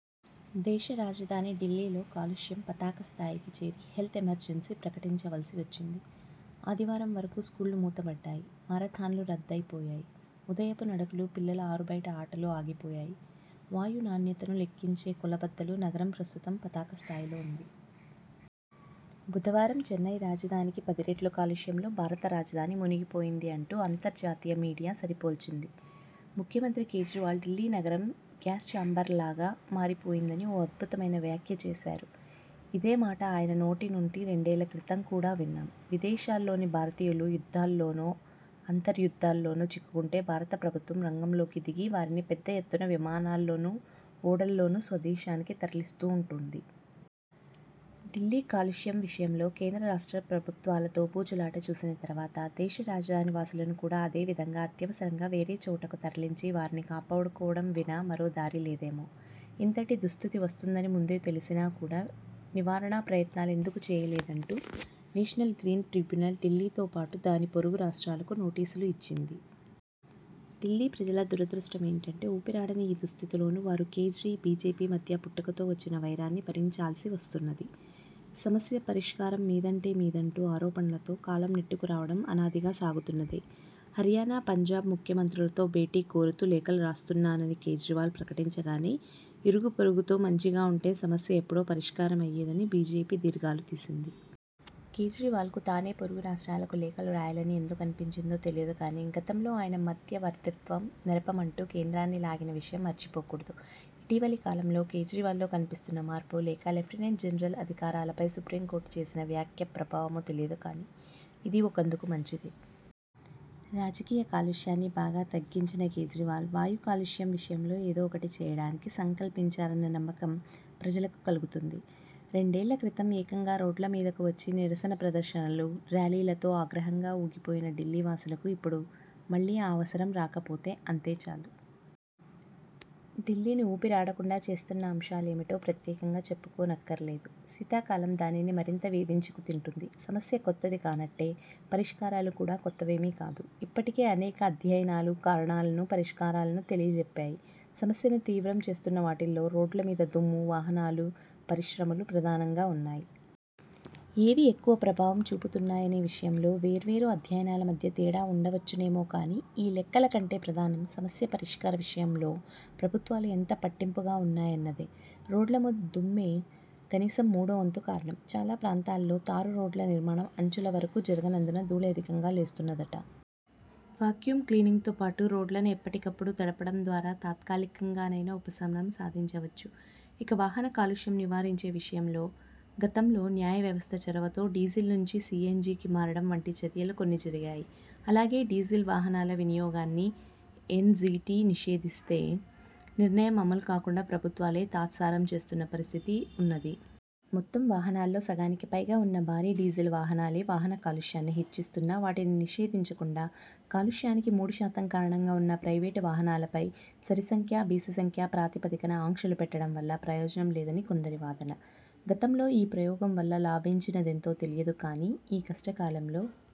దేశ రాజధాని ఢిల్లీలో కాలుష్యం పతాక స్థాయికి చేరి హెల్త్ ఎమర్జెన్సీ ప్రకటించవలసి వచ్చింది. ఆదివారం వరకూ స్కూళ్ళు మూత బడ్డాయి, మారథాన్లు రద్దయి పోయాయి, ఉదయపు నడకలు, పిల్లల ఆరు బయట ఆటలూ ఆగిపోయాయి. వాయు నాణ్యతను లెక్కించే కొల బద్దలో నగరం ప్రస్తుతం పతాక స్థాయిలో ఉంది. 'బుధవారం చైనా రాజధానికి పదిరెట్ల కాలుష్యంలో భారత రాజధాని మునిగిపోయింది' అంటూ అంతర్జాతీయ మీడియా సరిపోల్చింది. ముఖ్యమంత్రి కేజ్రీవాల్ ఢిల్లీ నగరం గ్యాస్ చాంబర్లాగా మారిపోయిందని ఓ అద్భుతమైన వ్యాఖ్య చేశారు. ఇదే మాట ఆయన నోటి నుంచి రెండేళ్ళక్రితం కూడా విన్నాం. విదేశాల్లోని భారతీయులు యుద్ధాల్లోనో, అంతర్యుద్ధాల్లోనో చిక్కుకుంటే భారత ప్రభుత్వం రంగంలోకి దిగి వారిని పెద్ద ఎత్తున విమానాల్లోనూ, ఓడల్లోనూ స్వదేశానికి తరలిస్తూంటుంది. ఢిల్లీ కాలుష్యం విషయంలో కేంద్ర, రాష్ట్ర ప్రభుత్వాల దోబూచు లాట చూసిన తరువాత, దేశ రాజధాని వాసులను కూడా అదే విధంగా అత్యవసరంగా వేరే చోటకు తరలించి వారిని కాపాడు కోవడం వినా మరో దారి లేదేమో! ఇంతటి దుస్థితి వస్తుందని ముందే తెలిసి కూడా నివారణ ప్రయత్నాలు ఎందుకు చేయలేదంటూ నేషనల్ గ్రీన్ ట్రిబ్యునల్ ఢిల్లీతో పాటు దాని పొరుగు రాష్ట్రాలకు నోటీసులు ఇచ్చింది. ఢిల్లీ ప్రజల దురదృష్టమేమంటే, ఊపిరాడని ఈ దుస్థితిలోనూ వారు కేజ్రీ, బీజేపీ మధ్య పుట్టుకతో వచ్చిన వైరాన్ని భరించాల్సి వస్తున్నది. సమస్య పరిష్కారం మీదంటే మీదంటూ ఆరోపణలతో కాలం నెట్టుకురావడం అనాదిగా సాగుతున్నదే. హర్యానా, పంజాబ్ ముఖ్య మంత్రులతో భేటీ కోరుతూ లేఖలు రాస్తున్నానని కేజ్రీవాల్ ప్రకటించగానే, ఇరుగూ పొరుగుతో మంచిగా ఉంటే సమస్య ఎప్పుడో పరిష్కారమయ్యేదని బీజేపీ దీర్ఘాలు తీసింది. కేజ్రీవాల్కు తానే పొరుగు రాష్ట్రాలకు లేఖలు రాయాలని ఎందుకు అనిపించిందో తెలియదు కానీ, గతంలో ఆయన మధ్యవర్తిత్వం నెరపమంటూ కేంద్రాన్ని లాగిన విషయం మరిచిపోకూడదు. ఇటీవలి కాలంలో కేజ్రీవాల్లో కనిపిస్తున్న మార్పో, లేక లెఫ్ట్నెంట్ జనరల్ అధికారాలపై సుప్రీంకోర్టు చేసిన వ్యాఖ్య ప్రభావమో తెలియదు కానీ ఇదీ ఒకందుకు మంచిదే. రాజకీయ కాలుష్యాన్ని బాగా తగ్గించిన కేజ్రీవాల్ వాయు కాలుష్యం విషయంలో ఏదో ఒకటి చేయడానికి సంకల్పించారన్న నమ్మకం ప్రజలకు కలుగుతుంది. రెండేళ్ళ క్రితం ఏకంగా రోడ్ల మీదకు వచ్చి నిరసన ప్రదర్శనలు, ర్యాలీలతో ఆగ్రహంగా ఊగిపోయిన ఢిల్లీ వాసులకు ఇప్పుడు మళ్ళీ ఆ అవసరం రాకపోతే అంతే చాలు. ఢిల్లీని ఊపిరాడకుండా చేస్తున్న అంశాలేమిటో ప్రత్యేకంగా చెప్పుకోనక్కరలేదు. శీతా కాలం దానిని మరింత వేధించుకు తింటుంది. సమస్య కొత్తది కానట్టే, పరిష్కారాలు కూడా కొత్తవేమీ కాదు. ఇప్పటికే అనేక అధ్యయనాలు కారణాలను, పరిష్కారాలను తెలియచెప్పాయి. సమస్యను తీవ్రం చేస్తున్నవాటిలో రోడ్లమీద దుమ్ము, వాహనాలు, పరిశ్రమలు ప్రధానంగా ఉన్నాయి. ఏవి ఎక్కువ ప్రభావం చూపుతున్నాయనే విషయంలో వేర్వేరు అధ్యయనాల మధ్య తేడా వుండవచ్చునేమో కానీ, ఈ లెక్కల కంటే ప్రధానం సమస్య పరిష్కారం విషయంలో ప్రభుత్వాలు ఎంత పట్టింపుగా ఉన్నాయన్నదే. రోడ్లమీద దుమ్మే కనీసం మూడోవంతు కారణం. చాలా ప్రాంతాల్లో తారు రోడ్ల నిర్మాణం అంచుల వరకూ జరగనందున ధూళి అధికంగా లేస్తున్నదట. వాక్యూమ్ క్లీనింగ్తో పాటు రోడ్లను ఎప్పటికప్పుడు తడపడం ద్వారా తాత్కాలికంగానైనా ఉపశమనం సాధించవచ్చు. ఇక, వాహన కాలుష్యం నివారించే విషయంలో గతంలో న్యాయవ్యవస్థ చొరవతో డీజిల్నుంచి సీఎన్జీకి మారడం వంటి చర్యలు కొన్ని జరిగాయి. అలాగే, డీజిల్ వాహనాల వినియోగాన్ని ఎన్జీటీ నిషేధిస్తే నిర్ణయం అమలు కాకుండా ప్రభుత్వాలే తాత్సారం చేస్తున్న పరిస్థితీ ఉన్నది. మొత్తం వాహనాల్లో సగానికి పైగా ఉన్న భారీ డిజిల్ వాహనాలే వాహన కాలుష్యాన్ని హెచ్చిస్తున్నా, వాటిని నిషేధించకుండా కాలుష్యానికి మూడు శాతం కారణంగా ఉన్న ప్రైవేటు వాహనాలపై సరి సంఖ్య బేసి సంఖ్య ప్రాతిపదికన ఆంక్షలు పెట్టడం వల్ల ప్రయోజనం లేదని కొందరి వాదన. గతంలో ఈ ప్రయోగం వల్ల లాభించినదెంతో తెలియదు కానీ, ఈ కష్ట కాలంలో